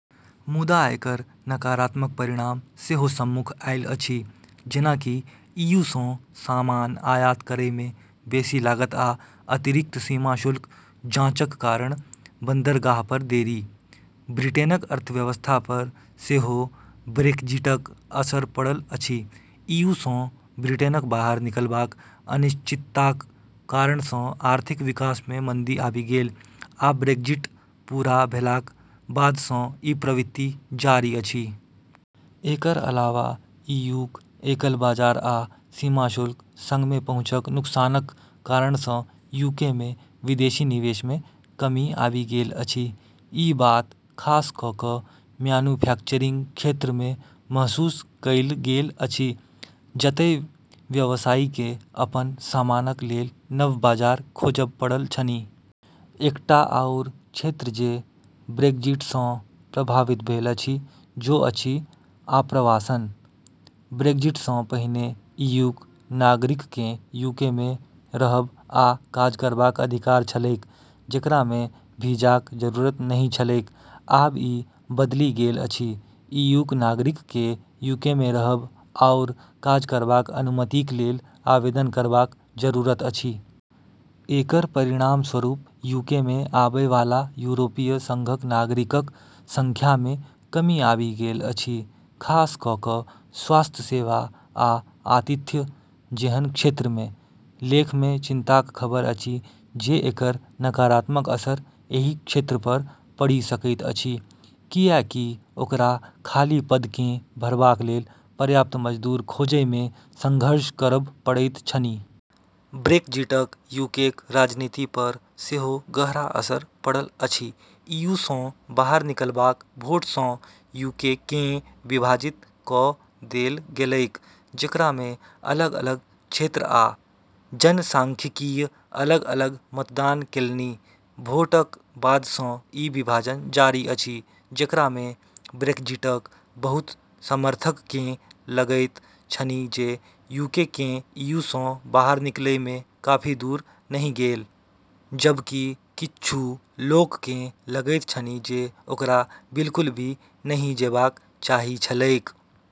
मुदा एकर नकारात्मक परिणाम सेहो सम्मुख आयल अछि, जेना कि ईयूसँ सामान आयात करैमे बेसी लागत आ अतिरिक्त सीमा शुल्क जाँचक कारण बन्दरगाहपर देरी। ब्रिटेनक अर्थव्यवस्थापर सेहो ब्रेक्जिटक असर पड़ल अछि। ईयूसँ ब्रिटेनक बाहर निकलबाक अनिश्चितताक कारणसँ आर्थिक विकासमे मन्दी आबि गेल, आ ब्रेक्जिट पूरा भेलाक बादसँ ई प्रवृत्ति जारी अछि। एकर अलावा ईयूक एकल बाजार आ सीमा शुल्क सङ्घमे पहुँचक नुकसानक कारणसँ यूकेमे विदेशी निवेशमे कमी आबि गेल अछि। ई बात खास कऽ कऽ म्यानुफ्याक्चरिङ्ग क्षेत्रमे महसूस कएल गेल अछि, जतय व्यवसायीकेँ अपन सामानक लेल नव बाजार खोजब पड़ल छनि। एकटा आओर क्षेत्र जे ब्रेक्जिटसँ प्रभावित भेल अछि ओ अछि आप्रवासन। ब्रेक्जिटसँ पहिने ईयूक नागरिककेँ यूकेमे रहब आ काज करबाक अधिकार छलैक, जेकरामे भीजाक जरूरत नहि छलैक। आब ई बदलि गेल अछि, ईयूक नागरिककेँ यूकेमे रहब आओर काज करबाक अनुमतिक लेल आवेदन करबाक जरूरत अछि। एकर परिणामस्वरूप यूकेमे आबै वाला यूरोपीय सङ्घक नागरिकक सङ्ख्यामे कमी आबि गेल अछि, खास कऽ कऽ स्वास्थ्य सेवा आ आतिथ्य जेहन क्षेत्रमे। लेखमे चिन्ताक खबर अछि जे एकर नकारात्मक असर एहि क्षेत्रपर पड़ि सकैत अछि, किएकि ओकरा खाली पदकेँ भरबाक लेल पर्याप्त मजदूर खोजैमे सङ्घर्ष करब पड़ैत छनि। ब्रेक्जिटक यूकेक राजनीतिपर सेहो गहरा असर पड़ल अछि। ईयूसँ बाहर निकलबाक भोटसँ यूकेकेँ विभाजित कऽ देल गेलैक, जेकरामे अलग-अलग क्षेत्र आ जनसाङ्ख्यिकीय अलग-अलग मतदान केलनि। भोटक बादसँ ई विभाजन जारी अछि, जेकरामे ब्रेक्जिटक बहुत समर्थककेँ लगैत छनि जे यूकेकेँ ईयूसँ बाहर निकलैमे काफी दूर नहि गेल, जबकि किछु लोककेँ लगैत छनि जे ओकरा बिल्कुल भी नहि जेबाक चाही छलैक।